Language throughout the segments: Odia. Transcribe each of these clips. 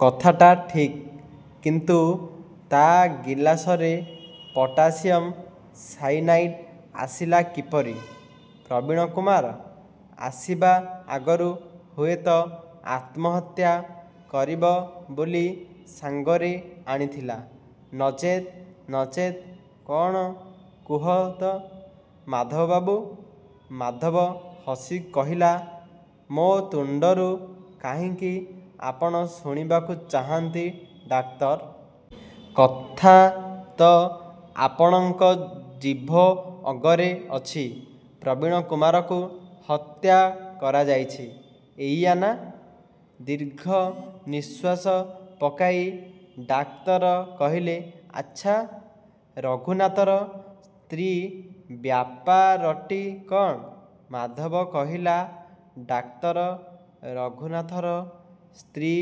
କଥାଟା ଠିକ୍ କିନ୍ତୁ ତା ଗିଲାସରେ ପଟାସିୟମ୍ ସାୟନାଇଡ୍ ଆସିଲା କିପରି? ପ୍ରବୀଣକୁମାର ଆସିବା ଆଗରୁ ହୁଏତ ଆତ୍ମହତ୍ୟା କରିବ ବୋଲି ସାଙ୍ଗରେ ଆଣିଥିଲା ନଚେତ୍ ନଚେତ୍ କଣ କୁହ ତ ମାଧବବାବୁ? ମାଧବ ହସି କହିଲା ମୋ ତୁଣ୍ଡରୁ କାହିଁକି ଆପଣ ଶୁଣିବାକୁ ଚାହାନ୍ତି ଡାକ୍ତର? କଥା ତ ଆପଣଙ୍କ ଜିଭ ଅଗରେ ଅଛି। ପ୍ରବୀଣକୁମାରକୁ ହତ୍ୟା କରାଯାଇଛି ଏଇଆ ନା? ଦୀର୍ଘ ନିଶ୍ୱାସ ପକାଇ ଡାକ୍ତର କହିଲେ ଆଚ୍ଛା ରଘୁନାଥର ସ୍ତ୍ରୀ ବ୍ୟାପାରଟି କଣ? ମାଧବ କହିଲା ଡାକ୍ତର ରଘୁନାଥର ସ୍ତ୍ରୀ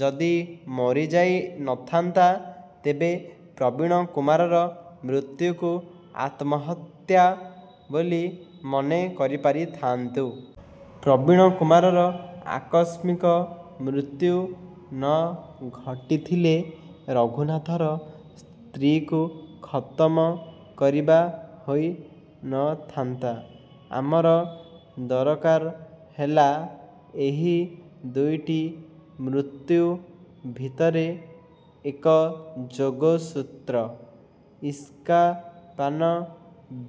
ଯଦି ମରିଯାଇ ନ ଥାନ୍ତା ତେବେ ପ୍ରବୀଣକୁମାରର ମୃତ୍ୟୁକୁ ଆତ୍ମହତ୍ୟା ବୋଲି ମନେକରିପାରିଥାନ୍ତୁ। ପ୍ରବୀଣକୁମାରର ଆକସ୍ମିକ ମୃତ୍ୟୁ ନ ଘଟିଥିଲେ ରଘୁନାଥର ସ୍ତ୍ରୀକୁ ଖତମ କରିବା ହୋଇ ନ ଥାନ୍ତା। ଆମର ଦରକାର ହେଲା ଏହି ଦୁଇଟି ମୃତ୍ୟୁ ଭିତରେ ଏକ ଯୋଗସୂତ୍ର। ଇସ୍କାପାନ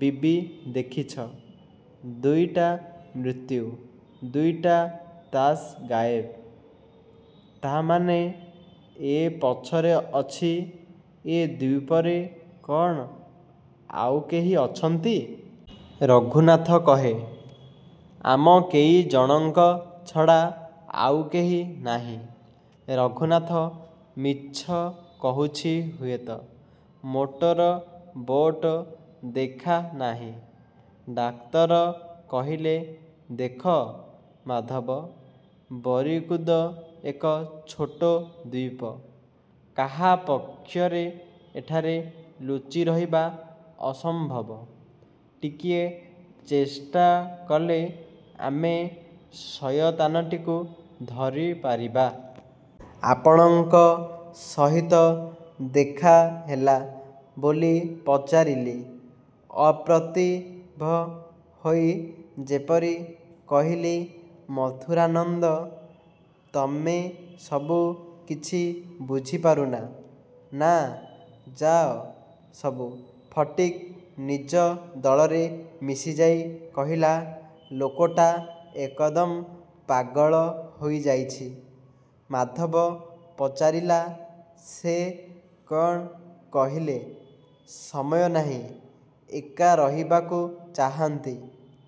ବିବି ଦେଖିଛ। ଦୁଇଟା ମୃତ୍ୟୁ ଦୁଇଟା ତାସ୍ ଗାଏବ। ତା ମାନେ ଏ ପଛରେ ଅଛି ଏ ଦ୍ଵୀପରେ କଣ ଆଉ କେହି ଅଛନ୍ତି? ରଘୁନାଥ କହେ ଆମ କେଇ ଜଣଙ୍କ ଛଡ଼ା ଆଉ କେହି ନାହିଁ। ରଘୁନାଥ ମିଛ କହୁଛି ହୁଏତ। ମୋଟର ବୋଟ ଦେଖା ନାହିଁ। ଡାକ୍ତର କହିଲେ ଦେଖ ମାଧବ ବରିକୁଦ ଏକ ଛୋଟ ଦ୍ଵୀପ। କାହା ପକ୍ଷରେ ଏଠାରେ ଲୁଚିରହିବା ଅସମ୍ଭବ। ଟିକିଏ ଚେଷ୍ଟା କଲେ ଆମେ ଶୟତାନଟିକୁ ଧରିପାରିବା। ଆପଣଙ୍କ ସହିତ ଦେଖା ହେଲା ବୋଲି ପଚାରିଲି। ଅପ୍ରତିଭ ହୋଇ ଯେପରି କହିଲେ ମଥୁରାନନ୍ଦ ତମେସବୁ କିଛି ବୁଝିପାରୁନା ନା ଯାଅ ସବୁ। ଫଟିକ୍ ନିଜ ଦଳରେ ମିଶିଯାଇ କହିଲା ଲୋକଟା ଏକଦମ ପାଗଳ ହୋଇଯାଇଛି। ମାଧବ ପଚାରିଲା ସେ କଣ କହିଲେ? ସମୟ ନାହିଁ ଏକା ରହିବାକୁ ଚାହାନ୍ତି।